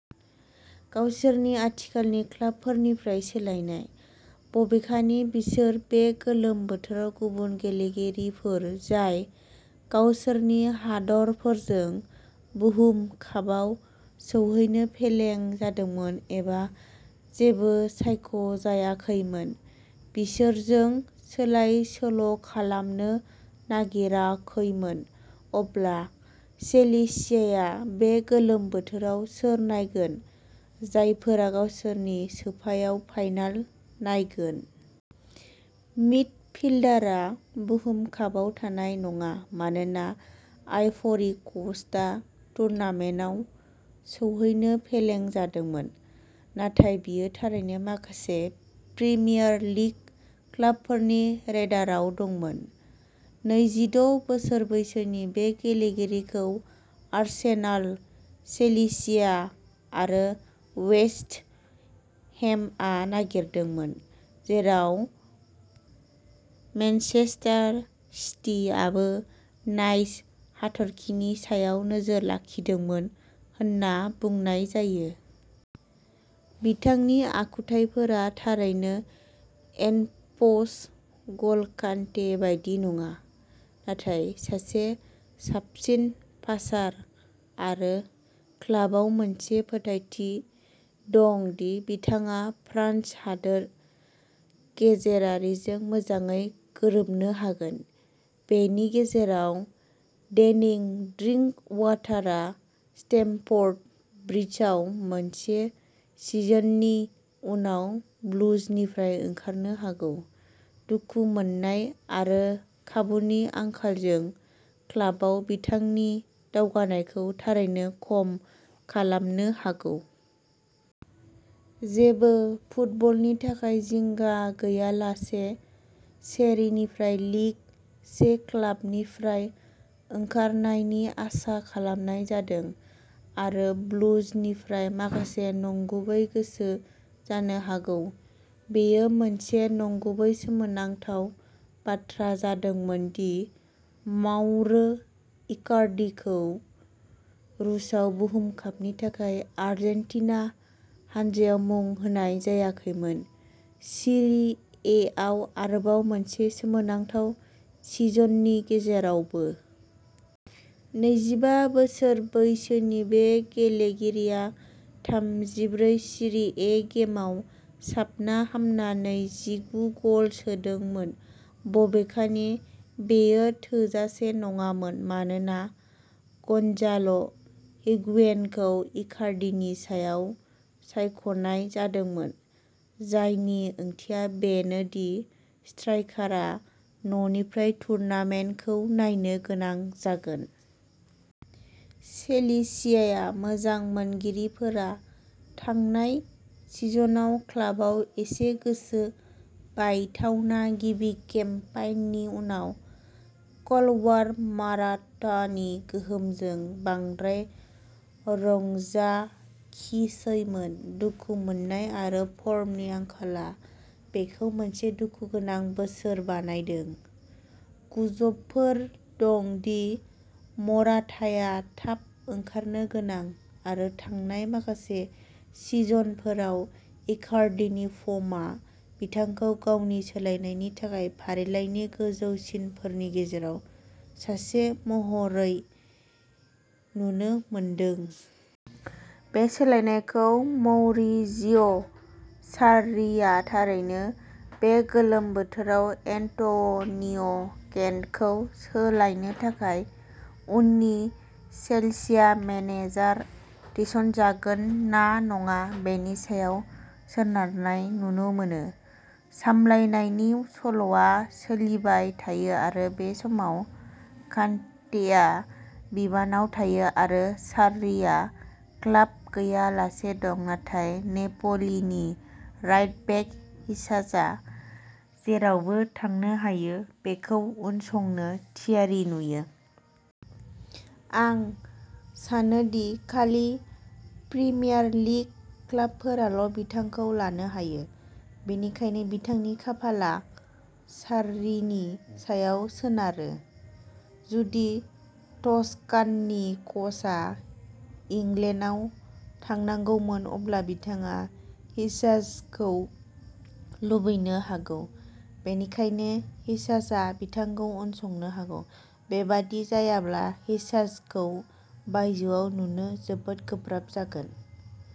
गावसोरनि आथिखालनि क्लाबफोरनिफ्राय सोलायनाय। बबेखानि बिसोर बे गोलोम बोथोराव गुबुन गेलेगिरिफोर जाय गावसोरनि हादोरफोरजों बुहुम कापआव सौहैनो फेलें जादोंमोन एबा जेबो सायख'जायाखैमोन, बिसोरजों सोलायसोल'खालामनो नागिराखैमोन। अब्ला चेल्सिया बे गोलोम बोथोराव सोर नायगोन, जायफोरा गावसोरनि सोफायाव फाइनाल नायगोन? मिडफिल्डारआ बुहुम कापआव थानाय नङा, मानोना आइभ'रि क'स्टआ टुर्नामेन्टआव सौहैनो फेलें जादोंमोन, नाथाय बियो थारैनो माखासे प्रिमियार लिग क्लाबफोरनि रेडारआव दंमोन। नैजिद' बोसोर बैसोनि बे गेलेगिरिखौ आर्सेनाल, चेल्सिया आरो वेस्ट हेमआ नागिरदोंमोन, जेराव मेनचेस्टार सिटीआबो नाइस हाथरखिनि सायाव नोजोर लाखिदोंमोन होनना बुंनाय जायो। बिथांनि आखुथायफोरा थारैनो एन'प'स ग'ल'कान्टे बायदि नङा, नाथाय सासे साबसिन पासार आरो क्लाबआव मोनसे फोथायथि दं दि बिथाङा फ्रान्स हादोर गेजेरारिजों मोजाङै गोरोबनो हागोन। बेनि गेजेराव, डेनि ड्रिंकवाटारआ स्टेमफर्ड ब्रिजआव मोनसे सिजननि उनाव ब्लुजनिफ्राय ओंखारनो हागौ, दुखु मोननाय आरो खाबुनि आंखालजों क्लाबआव बिथांनि दावगानायखौ थारैनो खम खालामनो हागौ। जेबो फुटबलनि थाखाय जिंगा गैयालासे, सेरिनिफ्राय लिग से क्लाबनिफ्राय ओंखारनायनि आसा खालामनाय जादों आरो ब्लुजनिफ्राय माखासे नंगुबै गोसो जानो हागौ। बेयो मोनसे नंगुबै सोमोनांथाव बाथ्रा जादोंमोन दि माउरो इकार्डिखौ रूसआव बुहुम कापनि थाखाय आर्जेन्टिना हानजायाव मुं होनाय जायाखैमोन, सिरि एआव आरोबाव मोनसे सोमोनांथाव सिजननि गेजेरावबो। नैजिबा बोसोर बैसोनि बे गेलेगिरिया थामजिब्रै सिरि ए गेमआव साबना-हामना नैजिगु गल सोदोंमोन, बबेखानि बेयो थोजासे नङामोन मानोना गन्जाल' हिगुयेनखौ इकार्डिनि सायाव सायख'नाय जादोंमोन, जायनि ओंथिया बेनोदि स्ट्राइकारआ न'निफ्राय टुर्नामेन्टखौ नायनो गोनां जागोन। चेल्सिया मोजां मोनगिरिफोरा थांनाय सिजनआव क्लाबआव एसे गोसो बायथावना गिबि केम्पेइननि उनाव अलवार'मराटानि गोहोमजों बांद्राय रंजाखिसैमोन। दुखु मोन्नाय आरो फर्मनि आंखालआ बेखौ मोनसे दुखुगोनां बोसोर बानायदों। गुजबफोर दं दि मराताया थाब ओंखारनो गोनां, आरो थांनाय माखासे सिजनफोराव इकार्डिनि फर्मआ बिथांखौ गावनि सोलायनायनि थाखाय फारिलाइनि गोजौसिनफोरनि गेजेराव सासे महरै नुनो मोनदों। बे सोलायनायखौ मौरिजियो सार्रीआ थारैनो बे गोलोम बोथोराव एन्ट'निय'कन्तेखौ सोलायनो थाखाय उननि चेल्सिया मेनेजार थिसनजागोन ना नङा बेनि सायाव सोनारनाय नुनो मोनो। सामलायनायनि सल'आ सोलिबाय थायो आरो बे समाव कन्तेआ बिबानआव थायो आरो सार्रीआ क्लाब गैयालासे दं, नाथाय नेप'लीनि राइट-बेक हिसाजआ जेरावबो थांनो हायो बेखौ उनसंनो थियारि नुयो। "आं सानो दि खालि प्रिमियार लीग क्लाबफोराल'बिथांखौ लानो हायो, बेनिखायनो बिथांनि खाफालआ सार्रीनि सायाव सोनारो।" जुदि टस्काननि कचआ इंलेन्डआव थांनांगौमोन, अब्ला बिथाङा हिसाजखौ लुबैनो हागौ, बेनिखायनो, हिसाजआ बिथांखौ उनसंनो हागौ। बेबादि जायाब्ला, हिसाजखौ बायजोआव नुनो जोबोद गोब्राब जागोन।